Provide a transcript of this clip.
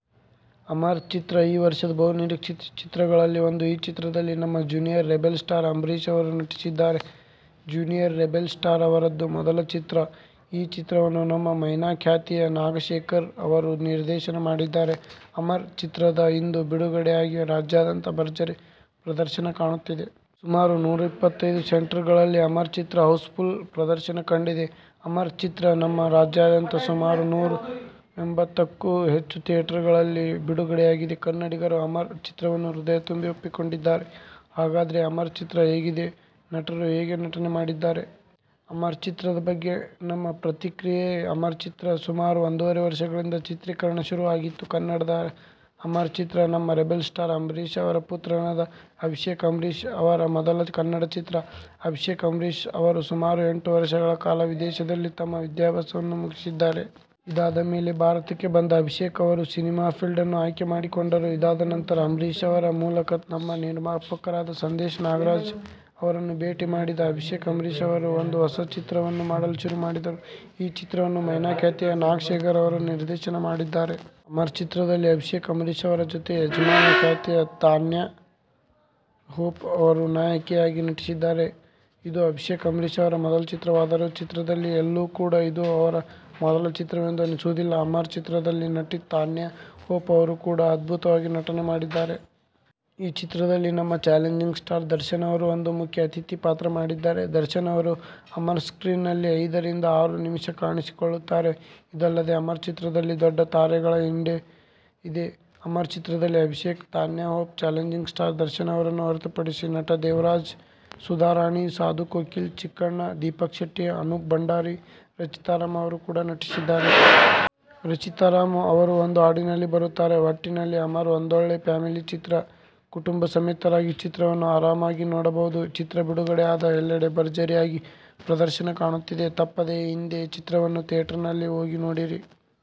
ಅಮರ್ ಚಿತ್ರ ಈ ವರ್ಷದ ಬಹು ನಿರೀಕ್ಷೆಯ ಚಿತ್ರಗಳಲ್ಲಿ ಒಂದು! ಈ ಚಿತ್ರದಲ್ಲಿ ನಮ್ಮ ಜೂನಿಯರ್ ರೆಬೆಲ್ ಸ್ಟಾರ್ ಅಂಬರೀಷ್ ಅವರು ನಟಿಸಿದ್ದಾರೆ. ಜೂನಿಯರ್ ರೆಬೆಲ್ ಸ್ಟಾರ್ ಅವರದ್ದು ಮೊದಲ ಚಿತ್ರ. ಈ ಚಿತ್ರವನ್ನು ನಮ್ಮ ಮೈನಾ ಖ್ಯಾತಿಯ ನಾಗಶೇಖರ್ ಅವರು ನಿರ್ದೇಶನ ಮಾಡಿದ್ದಾರೆ. ಅಮರ್ ಚಿತ್ರ ಇಂದು ಬಿಡುಗಡೆ ಆಗಿ ರಾಜ್ಯಾದ್ಯಂತ ಭರ್ಜರಿ ಪ್ರದರ್ಶನ ಕಾಣುತ್ತಿದೆ. ಸುಮಾರು ನೂರ ಇಪ್ಪತ್ತೈದು ಸೆಂಟರ್ ಗಳಲ್ಲಿ ಅಮರ್ ಚಿತ್ರ ಹೌಸ್ ಫುಲ್ ಪ್ರದರ್ಶನ ಕಂಡಿದೆ. ಅಮರ್ ಚಿತ್ರ ನಮ್ಮ ರಾಜ್ಯಾದ್ಯಂತ ಸುಮಾರು ನೂರ ಎಂಬತ್ತಕ್ಕೂ ಹೆಚ್ಚು ಥಿಯೇಟರ್ ಗಳಲ್ಲಿ ಬಿಡುಗಡೆ ಆಗಿದೆ. ಕನ್ನಡಿಗರು ಅಮರ್ ಚಿತ್ರವನ್ನು ಹೃದಯ ತುಂಬಿ ಒಪ್ಪಿಕೊಂಡಿದ್ದಾರೆ. ಹಾಗಾದ್ರೆ ಅಮರ್ ಚಿತ್ರ ಹೇಗಿದೆ, ನಟರು ಹೇಗೆ ನಟನೆ ಮಾಡಿದ್ದಾರೆ? ಅಮರ್ ಚಿತ್ರದ ಬಗ್ಗೆ ನಮ್ಮ ಪ್ರತಿಕ್ರೆಯೆ! ಅಮರ್ ಚಿತ್ರ ಸುಮಾರು ಒಂದೂವರೆ ವರ್ಷಗಳಿಂದ ಚಿತ್ರೀಕರಣ ಶುರು ಆಗಿತ್ತು. ಕನ್ನಡದ ಅಮರ್ ಚಿತ್ರ, ನಮ್ಮ ರೆಬೆಲ್ ಸ್ಟಾರ್ ಅಂಬರೀಷ್ ಅವರ ಪುತ್ರನಾದ ಅಭಿಷೇಕ್ ಅಂಬರೀಷ್ ಅವರ ಮೊದಲ ಕನ್ನಡ ಚಿತ್ರ. ಅಭಿಷೇಕ್ ಅಂಬರೀಷ್ ಅವರು ಸುಮಾರು ಎಂಟು ವರ್ಷಗಳ ಕಾಲ ವಿದೇಶದಲ್ಲಿ ತಮ್ಮ ವಿದ್ಯಾಭ್ಯಾಸ ವನ್ನು ಮುಗಿಸಿದ್ದಾರೆ. ಇದಾದ ಮೇಲೆ ಭಾರತಕ್ಕೆ ಬಂದ ಅಭಿಷೇಕ್ ಅವರು ಸಿನಿಮಾ ಫೀಲ್ಡನ್ನು ಆಯ್ಕೆ ಮಾಡಿಕೊಂಡರು. ಇದಾದ ನಂತರ ಅಂಬರೀಷ್ ಅವರ ಮೂಲಕ ನಮ್ಮ ನಿರ್ಮಾಪಕರಾದ ಸಂದೇಶ್ ನಾಗರಾಜ್ ಅವರನ್ನು ಭೇಟಿ ಮಾಡಿದ ಅಭಿಷೇಕ್ ಅಂಬರೀಷ್ ಅವರು ಒಂದು ಹೊಸ ಚಿತ್ರವನ್ನು ಮಾಡಲು ಶುರು ಮಾಡಿದರು. ಈ ಚಿತ್ರವನ್ನು ಮೈನಾ ಖ್ಯಾತಿಯ ನಾಗಶೇಖರ್ ಅವರು ನಿರ್ದೇಶನ ಮಾಡಿದ್ದಾರೆ. ಅಮರ್ ಚಿತ್ರದಲ್ಲಿ ಅಭಿಷೇಕ್ ಅಂಬರೀಷ್ ಅವರ ಜೊತೆ, ಯಜಮಾನ ಖ್ಯಾತಿಯ ತಾನ್ಯಾ ಹೋಪ್ ಅವರು ನಾಯಕಿ ಯಾಗಿ ನಟಿಸಿದ್ದಾರೆ. ಇದು ಅಭಿಷೇಕ್ ಅಂಬರೀಷ್ ಅವರ ಮೊದಲ ಚಿತ್ರವಾದರೂ, ಚಿತ್ರದಲ್ಲಿ ಎಲ್ಲೂ ಕೂಡ ಇದು ಅವರ ಮೊದಲ ಚಿತ್ರ ವೆಂದು ಅನಿಸುವುದಿಲ್ಲ ಅಮರ್ ಚಿತ್ರದಲ್ಲಿ ನಟಿ ತಾನ್ಯಾ ಹೋಪ್ ಅವರು ಕೂಡ ಅದ್ಭುತವಾಗಿ ನಟನೆ ಮಾಡಿದ್ದಾರೆ. ಈ ಚಿತ್ರದಲ್ಲಿ ನಮ್ಮ ಚಾಲೆಂಜಿಂಗ್ ಸ್ಟಾರ್ ದರ್ಶನ್ ಅವರು ಒಂದು ಮುಖ್ಯ ಅತಿಥಿ ಪಾತ್ರ ಮಾಡಿದ್ದಾರೆ. ದರ್ಶನ್ ಅವರು ಅಮರ್ ಸ್ಕ್ರೀನ್ ನಲ್ಲಿ ಐದ ರಿಂದ ಆರು ನಿಮಿಷ ಕಾಣಿಸಿಕೊಳ್ಳುತ್ತಾರೆ. ಇದಲ್ಲದೆ ಅಮರ್ ಚಿತ್ರದಲ್ಲಿ ದೊಡ್ಡ ತಾರೆಗಳ ಹಿಂಡೇ ಇದೆ. ಅಮರ್ ಚಿತ್ರದಲ್ಲಿ ಅಭಿಷೇಕ್, ತಾನ್ಯಾ ಹೋಪ್, ಚಾಲೆಂಜಿಂಗ್ ಸ್ಟಾರ್ ದರ್ಶನ್ ಅವರನ್ನು ಹೊರೆತುಪಡಿಸಿ ನಟ ದೇವರಾಜ್, ಸುಧಾ ರಾಣಿ, ಸಾಧು ಕೋಕಿಲ, ಚಿಕ್ಕಣ್ಣ, ದೀಪಕ್ ಶೆಟ್ಟಿ, ಅನೂಪ್ ಭಂಡಾರಿ, ರಚಿತಾ ರಾಮ್ ಅವರು ಕೂಡ ನಟಿಸಿದ್ದಾರೆ. ರಚಿತಾ ರಾಮ್ ಅವರು ಒಂದು ಹಾಡಿನಲ್ಲಿ ಬರುತ್ತಾರೆ. ಒಟ್ಟಿನಲ್ಲಿ ಅಮರ್ ಒಂದೊಳ್ಳೆ ಫ್ಯಾಮಿಲಿ ಚಿತ್ರ. ಕುಟುಂಬಸಮೇತರಾಗಿ ಚಿತ್ರವನ್ನು ಆರಾಮಾಗಿ ನೋಡಬಹುದು. ಚಿತ್ರ ಬಿಡುಗಡೆ ಆದ ಎಲ್ಲೆಡೆ ಭರ್ಜರಿ ಆಗಿ ಪ್ರದರ್ಶನ ಕಾಣುತ್ತಿದೆ! ತಪ್ಪದೆ ಇಂದೇ ಚಿತ್ರವನ್ನು ಥಿಯೇಟರ್ ನಲ್ಲಿ ಹೋಗಿ ನೋಡಿರಿ!